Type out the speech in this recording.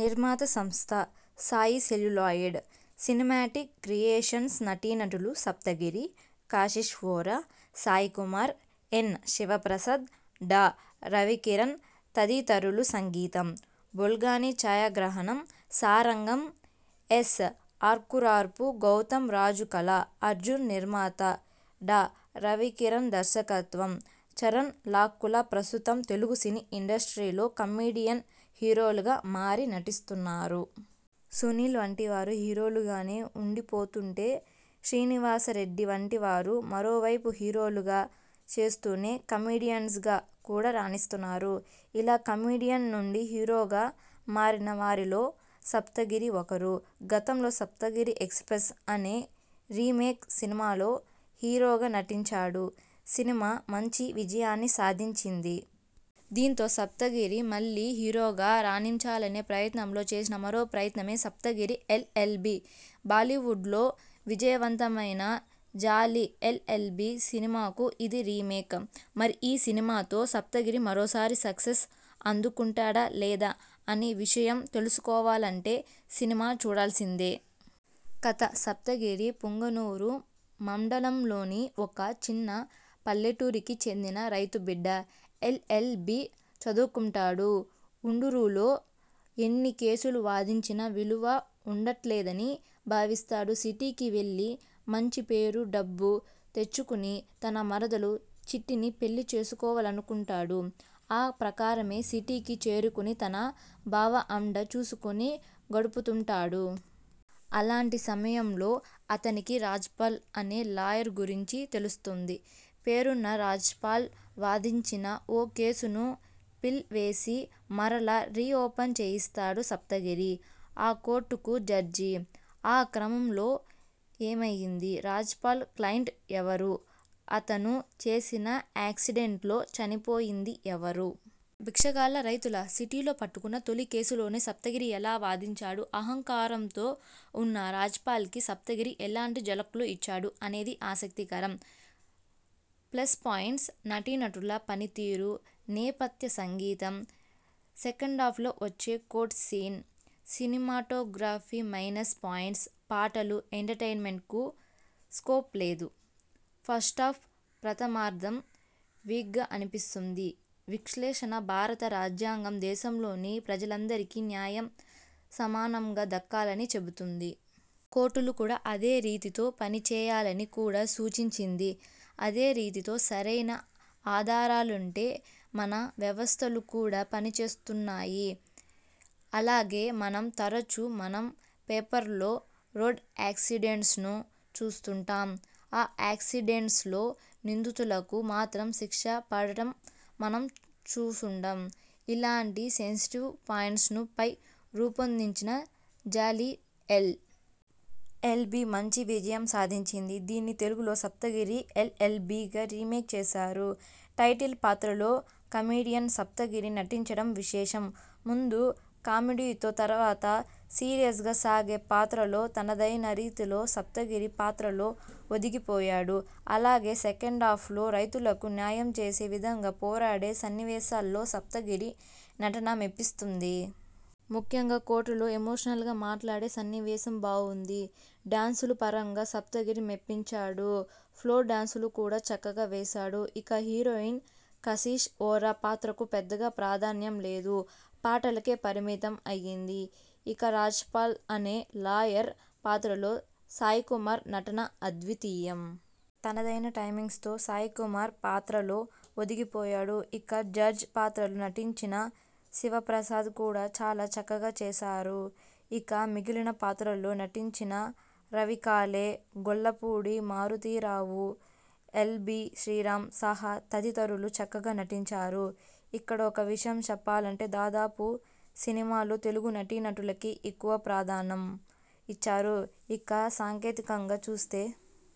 నిర్మాత సంస్థ: Sai celluloid cinematic క్రియేషన్స్నటీనటులు: సప్తగిరి, కశిష్ వోరా, సాయికుమార్, ఎన్. శివప్రసాద్, డా. రవికిరణ్ తదితరులుసంగీతం: బుల్గానిఛాయాగ్రహణం: సారంగం ఎస్. ఆర్కూర్పు: గౌతంరాజుకళ: అర్జున్నిర్మాత: డా. రవికిరణ్దర్శకత్వం: చరణ్ లక్కాకుల ప్రస్తుతం తెలుగు సినీ ఇండస్ట్రీలో కమెడియన్స్ హీరోలుగా మారి నటిస్తున్నారు. సునీల్ వంటివారు హీరోలుగానే ఉండిపోతుంటే, శ్రీనివాసరెడ్డి వంటి వారు మరోవైపు హీరోలుగా చేస్తూనే కమెడియన్స్గా కూడా రాణిస్తున్నారు. ఇలా కమెడియన్ నుండి హీరోగా మారిన వారిలో సప్తగిరి ఒకరు. గతంలో సప్తగిరి ఎక్స్ప్రెస్ అనే రీమేక్ సినిమాలో హీరోగా నటించాడు. సినిమా మంచి విజయాన్ని సాధించింది. దీంతో సప్తగిరి మళ్లీ హీరోగా రాణించాలనే ప్రయత్నంలో చేసిన మరో ప్రయత్నమే సప్తగిరి ఎల్. ఎల్. బి. బాలీవుడ్లో విజయవంతమైన జాలీ ఎల్. ఎల్. బి సినిమాకు ఇది రీమేక్. మరి ఈ సినిమాతో సప్తగిరి మరోసారి సక్సెస్ అందుకున్నాడా? లేదా? అనే విషయం తెలుసుకోవాలంటే సినిమా చూడాల్సిందే. కథ:సప్తగిరి పుంగనూరు మండలంలోని ఒక చిన్న పల్లెటూరికి చెందిన రైతుబిడ్డ. ఎల్ ఎల్ బీ చదువుకుంటాడు. ఉండూరులో ఎన్ని కేసులు వాదించినా విలువ ఉండట్లేదని భావిస్తాడు. సిటీకి వెళ్లి మంచి పేరు, డబ్బు తెచ్చుకుని తన మరదలు చిట్టి ని పెళ్లి చేసుకోవాలనుకుంటాడు. ఆ ప్రకారమే సిటీకి చేరుకుని తన బావ అండ చూసుకుని గడుపుతుంటాడు. అలాంటి సమయంలో అతనికి రాజ్ పాల్ అనే లాయర్ గురించి తెలుస్తుంది. పేరున్న రాజ్పాల్ వాదించిన ఓ కేసును పిల్ వేసి మరలా రియోపన్ చేయిస్తాడు సప్తగిరి. ఆ కోర్టుకు జడ్జి. ఆ క్రమంలో ఏమైంది? రాజ్పాల్ క్లైంట్ ఎవరు? అతను చేసిన యాక్సిడెంట్లో చనిపోయింది ఎవరు? భిక్షగాళ్లా? రైతులా? సిటీలో పట్టుకున్న తొలి కేసులోనే సప్తగిరి ఎలా వాదించాడు? అహంకారంతో ఉన్న రాజ్పాల్కి సప్తగిరి ఎలాంటి ఝలక్లు ఇచ్చాడు? అనేది ఆసక్తికరం. ప్లస్ పాయింట్స్:- నటీనటుల పనితీరు- నేపథ్య సంగీతం- సెకండాఫ్లో వచ్చే కోర్టు సీన్- సినిమాటోగ్రఫీమైనస్ పాయింట్స్:- పాటలు- ఎంటర్టైన్మెంట్ కు స్కోప్ లేదు- ఫస్టాఫ్ ప్రథమార్థం వీక్గా అనిపిస్తుంది విశ్లేషణ:భారత రాజ్యాంగం దేశంలోని ప్రజలందరికీ న్యాయం సమానంగా దక్కాలని చెబుతుంది. కోర్టులు కూడా అదే రీతితో పనిచేయాలని కూడా సూచించింది. అదే రీతిలో సరైన ఆధారాలుంటే మన వ్యవస్థలు కూడా పనిచేస్తున్నాయి. అలాగే మనం తరుచు మనం పేపర్లలో రోడ్ యాక్సిడెంట్స్ను చూస్తుంటాం. ఆ యాక్సిడెంట్స్లో నిందితులకు మాత్రం శిక్ష పడటం మనం చూసుండం. ఇలాంటి సెన్సిటివ్ పాయింట్ను పై రూపొందిన జాలీ ఎల్. ఎల్. బి మంచి విజయం సాధించింది. దీన్ని తెలుగులో సప్తగిరి ఎల్. ఎల్. బిగా రీమేక్ చేశారు. టైటిల్ పాత్రలో కమెడియన్ సప్తగిరి నటించడం విశేషం. ముందు కామెడీతో తర్వాత సీరియస్గా సాగే పాత్రలో తనదైన రీతిలో సప్తగిరి పాత్రలో ఒదిగిపోయాడు. అలాగే సెకండాఫ్లో రైతులకు న్యాయం చేసే విధంగా పోరాడే సన్నివేశాల్లో సప్తగిరి నటన మెప్పిస్తుంది. ముఖ్యంగా కోర్టులో ఎమోషనల్గా మాట్లాడే సన్నివేశం బావుంది. డ్యాన్సులు పరంగా సప్తగిరి మెప్పించాడు. ఫ్లోర్ డ్యాన్సులు కూడా చక్కగా చేశాడు. ఇక హీరోయిన్ కశిష్ వోరా పాత్రకు పెద్దగా ప్రాధాన్యం లేదు. పాటలకే పరిమితం అయ్యింది. ఇక రాజ్పాల్ అనే లాయర్ పాత్రలో సాయికుమార్ నటన అద్వితీయం. తనదైన టైమింగ్తో సాయికుమార్ పాత్రలో ఒదిగిపోయారు. ఇక జడ్జ్ పాత్రలో నటించిన శివప్రసాద్ కూడా చాలా చక్కగా చేశారు. ఇక మిగిలిన పాత్రల్లో నటించిన రవికాలే, గొల్లపూడి మారుతీరావు, ఎల్బీ శ్రీరాం సహా తదితరులు చక్కగా నటించారు. ఇక్కడొక విషయం చెప్పాలంటే.. దాదాపు సినిమాలో తెలుగు నటీనటులకే ఎక్కువ ప్రాధానం ఇచ్చారు. ఇక సాంకేతికంగా చూస్తే..